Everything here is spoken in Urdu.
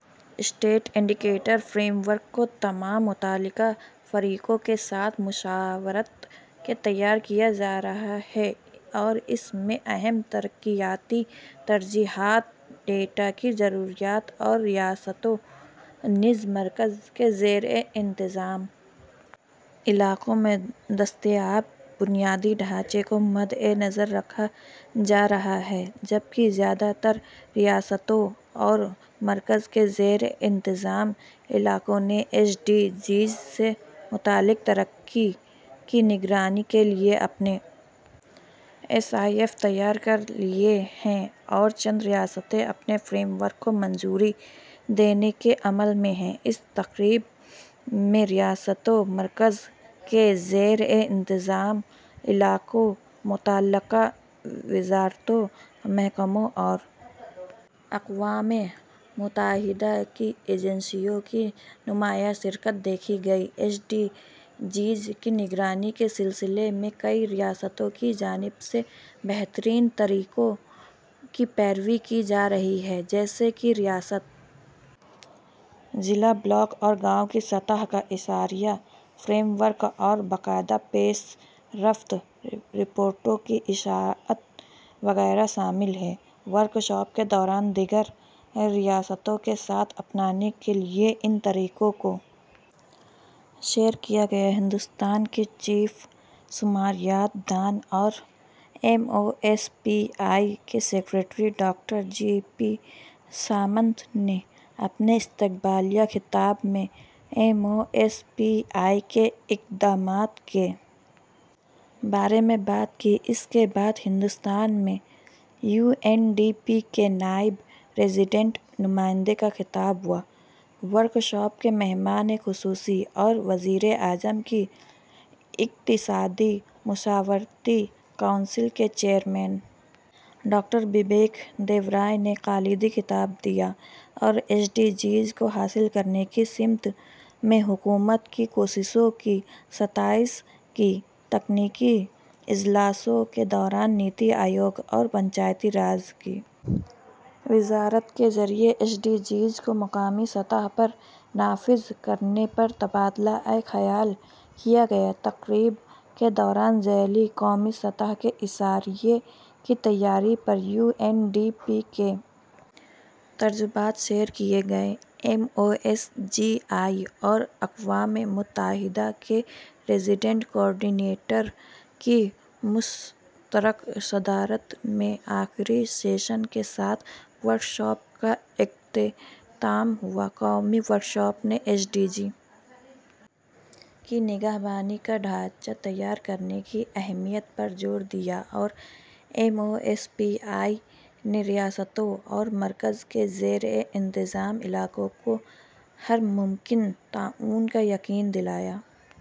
اسٹیٹ انڈیکیٹر فریم ورک کو تمام متعلقہ فریقوں کے ساتھ مشاورت سے تیار کیا جا رہا ہے اور اس میں اہم ترقیاتی ترجیحات ڈیٹا کی ضروریات اور ریاستوں نیز مرکز کے زیر انتظام علاقوں میں دستیاب بنیادی ڈھانچے کو مدنظر رکھا جا رہا ہے جبکہ زیادہ تر ریاستوں اور مرکز کے زیر انتظام علاقوں نے ایس ڈی جیز سے متعلق ترقی کی نگرانی کے لیے اپنے ایس آئی ایف تیار کر لیے ہیں اور چند ریاستیں اپنے فریم ورک کو منظوری دینے کے عمل میں ہیں اس تقریب میں ریاستوں مرکز کے زیر انتظام علاقوں متعلقہ وزارتوں محکموں اور اقوام متحدہ کی ایجنسیوں کی نمایاں شرکت دیکھی گئی ایس ڈی جیز کی نگرانی کے سلسلے میں کئی ریاستوں کی جانب سے بہترین طریقوں کی پیروی کی جا رہی ہے جیسے کہ ریاست ضلع بلاک اور گاؤں کی سطح کا اشاریہ فریم ورک اور باقاعدہ پیش رفت رپورٹس کی اشاعت وغیرہ شامل ہیں ورکشاپ کے دوران دیگر ریاستوں کے ساتھ اپنانے کے لیے ان طریقوں کو شیئر کیا گیا ہندوستان کے چیف شماریات دان اور M O S P I کے secretary doctor G P Samant نے اپنے استقبالیہ خطاب میں M O S P I کے اقدامات کے بارے میں بات کی اس کے بعد ہندوستان میں یو این ڈی پی کے نائب ریذیڈنٹ نمائندے کا خطاب ہوا ورکشاپ کے مہمان خصوصی اور وزیر اعظم کی اقتصادی مشاورتی کونسل کے چیئرمین ڈاکٹر بیبیک دیبرائے نے کلیدی خطبہ دیا اور ایس ڈی جیز کو حاصل کرنے کی سمت میں حکومت کی کوششوں کی ستائش کی تکنیکی اجلاسوں کے دوران نیتی آیوگ اور پنچایتی راج کی وزارت کے ذریعہ ایس ڈی جیز کو مقامی سطح پر نافذ کرنے پر تبادلہ خیال کیا گیا تقریب کے دوران ذیلی قومی سطح کے اشاریہ کی تیاری پر یو این ڈی پی کے تجربات شیئر کیے گئے M O S P I اور اقوام متحدہ کے ریزیڈنٹ کوآرڈینیٹر کی مشترکہ صدارت میں آخری سیشن کے ساتھ ورکشاپ کا اختتام ہوا قومی ورکشاپ نے ایس ڈی جی کی نگرانی کا ڈھانچہ تیار کرنے کی اہمیت پر زور دیا اور M O S P I نے ریاستوں اور مرکز کے زیر انتظام علاقوں کو ہر ممکن تعاون کا یقین دلایا